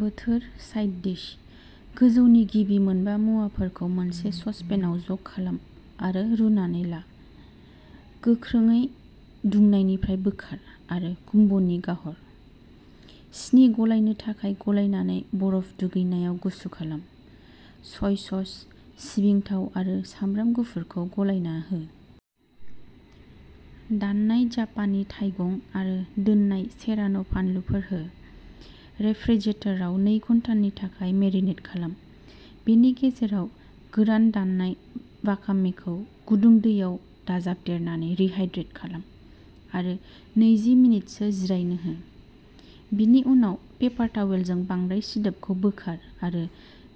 बोथोर side dish, गोजौनि गिबि मोनबा मुवाफोरखौ मोनसे ससपेनाव ज' खालाम आरो रुनानै ला। गोख्रोङै दुंनायनिफ्राय बोखार आरो क'म्बुनि गाहर। सिनि गलायनो थाखाय गलायनानै बरफ दुगैनायाव गुसु खालाम। सय सस सिबिं थाव आरो सामब्राम गुफुरखौ गलायना हो। दाननाय जापानी थाइगं आरो दाननाय सेरान' बानलुफोर हो। रेफ्रिजारेटाराव नै घन्टानि थाखाय मेरिनेट खालाम। बेनि गेजेराव गोरान दाननाय वाकामेखौ गुदुं दैयाव दाजाबदेरनानै रिहाइड्रेट खालाम आरो नैजि मिनिटसो जिरायनो हो। बेनि उनाव पेपार तावेलजों बांद्राय सिदोबखौ बोखार आरो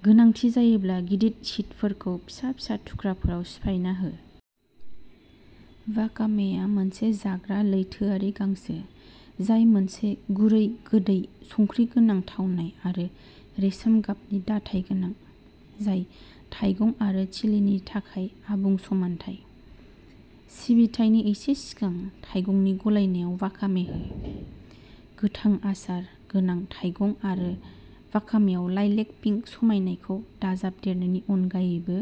गोनांथि जायोब्ला गिदिर शीटफोरखौ फिसा फिसा थुख्राफोराव सिफायना हो। वाकामेआ मोनसे जाग्रा लैथोआरि गांसो, जाय मोनसे गुरै गोदै संख्रि गोनां थावनाय आरो रेसम गाबनि दाथाय गोनां, जाय थाइगं आरो चिलिनि थाखाय आबुं समानथाय। सिबिथायनि एसे सिगां थाइगंनि गलायनायाव वाकामे हो। गोथां आसार गोनां थाइगं आरो वाकामेआव लाइलेक पिंक समायनाखौ दाजाबदेरनायनि अनगायैबो,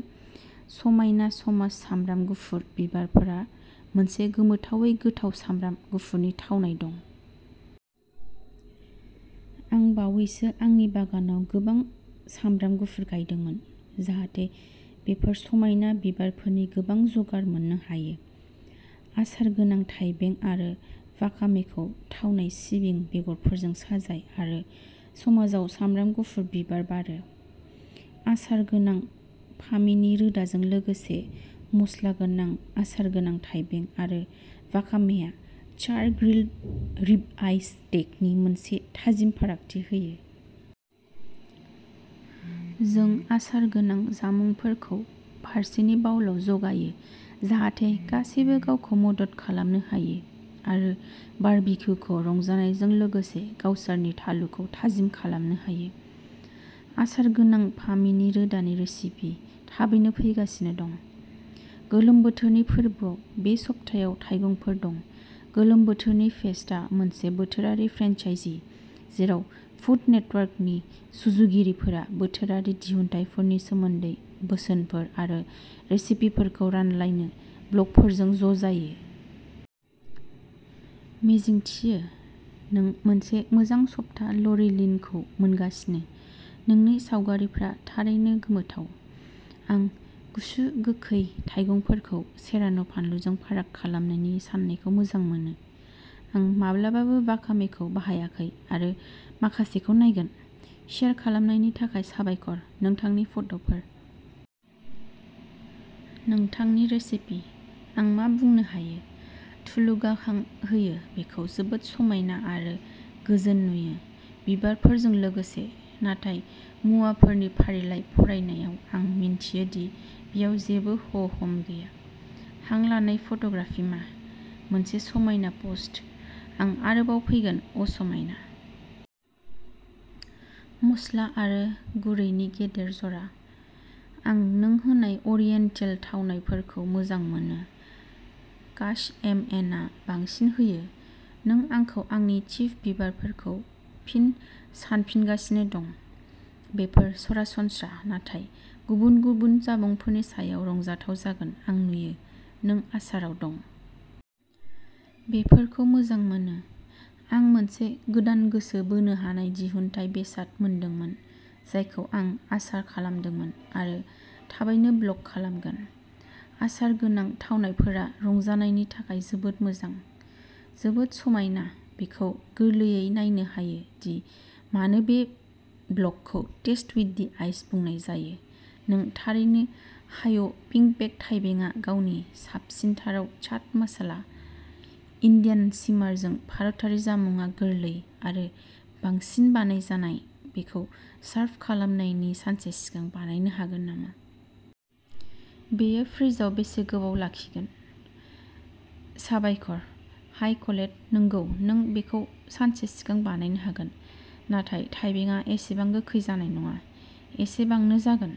समायना समाज सामब्राम गुफुर बिबारफोरा मोनसे गोमोथावै गोथाव सामब्राम गुफुरनि थावनाय दं। आं बावैसो आंनि बागानाव गोबां सामब्राम गुफुर गायदोंमोन जाहाथे बेफोर समायना बिबारफोरनि गोबां जगार मोननो हायो। आसार गोनां थाइबें आरो वाकामेखौ थावनाय सिबिं बेगरफोरजों साजाय आरो समाजआव सामब्राम गुफुर बिबार बारो। आसार गोनां फामिनि रोदाजों लोगोसे, मसलागोनां आसार गोनां थाइबें आरो वाकामेआ चार ग्रिल्ड रिब आइ स्टेकनि मोनसे थाजिम फारागथि होयो। जों आसार गोनां जामुंफोरखौ फारसेनि बाउल जगायो जाहाथे गासैबो गावखौ मदद खालामनो हायो आरो बारबिक्युखौ रंजानायजों लोगोसे गावसोरनि थालुखौ थाजिम खालामनो हायो। आसार गोनां फामिनि रोदानि रेसिपि थाबैनो फैगासिनो दं। गोलोम बोथोरनि फोरबोआव बे सप्तायाव थाइगंफोर दं गोलोम बोथोरनि फेस्टआ मोनसे बोथोरारि फ्रेन्चाइजी जेराव फुद नेटवर्कनि सुजुगिरिफोरा बोथोरारि दिहुनथायफोरनि सोमोन्दै बोसोनफोर आरो रेसिपिफोरखौ रानलायनो ब्लगफोरजों ज' जायो। मिजिंथियो नों मोनसे मोजां सप्ता ल'रि लिनखौ मोनगासिनो नोंनि सावगारिफोरा थारैनो गोमोथाव। आं गुसु गोखै थाइगंफोरखौ सेरान'बानलुजों फाराग खालामनायनि साननायखौ मोजां मोनो। आं माब्लाबाबो वाकामेखौ बाहायाखै आरो माखासेखौ नायगोन। शेयार खालामनायनि थाखाय साबायखर नोंथांनि फट'फोर। नोंथांनि रेसिपि। आं मा बुंनो हायो? थुलुंगाखां होयो बेखौ जोबोद समायना आरो गोजोन नुयो, बिबारफोरजों लोगोसे, नाथाय मुवाफोरनि फारिलाइ फरायनायाव आं मिथियो दि बेयाव जेबो ह' हम गैया। हां लानाय फट'ग्राफि मा मोनसे समायना पस्ट आं आरोबाव फैगोन'अ समायना। मस्ला आरो गुरैनि गेदेर जरा। आं नों होनाय अरियेन्टेल थावनायफोरखौ मोजां मोनो काश एमएनआ बांसिन होयो नों आंखौ आंनि चिभ बिबारफोरखौ फिन सानफिनगासिनो दं बेफोर सरासनस्रा नाथाय गुबुन गुबुन जामुंफोरनि सायाव रंजाथाव जागोन आं नुयो नों आसाराव दं। बेफोरखौ मोजां मोनो। आं मोनसे गोदान गोसो बोनो हानाय दिहुनथाय बेसाद मोनदोंमोन जायखौ आं आचार खालामदोंमोन आरो थाबैनो ब्लग खालामगोन। आचार गोनां थावनायफोरा रंजानायनि थाखाय जोबोद मोजां। जोबोद समायना बेखौ गोरलैयै नायनो हायो दि मानो बे ब्लगखौ टेस्ट विद दि आइज बुंनाय जायो नों थारैनो हायो पिंबेक थाइबेंआ गावनि साबसिनथाराव चाट मस्ला इन्डियानसिमारजों भारतारि जामुंआ गोरलै आरो बांसिन बानायजानाय बेखौ सारभ खालामनायनि सानसे सिगां बानायनो हागोन नामा? बेयो फ्रिजआव बेसे गोबाव लाखिगोन? साबायखर हाय कलेट नंगौ नों बेखौ सानसे सिगां बानायनो हागोन, नाथाय थाइबेंआ एसेबां गोखै जानाय नङा, एसेबांनो जागोन।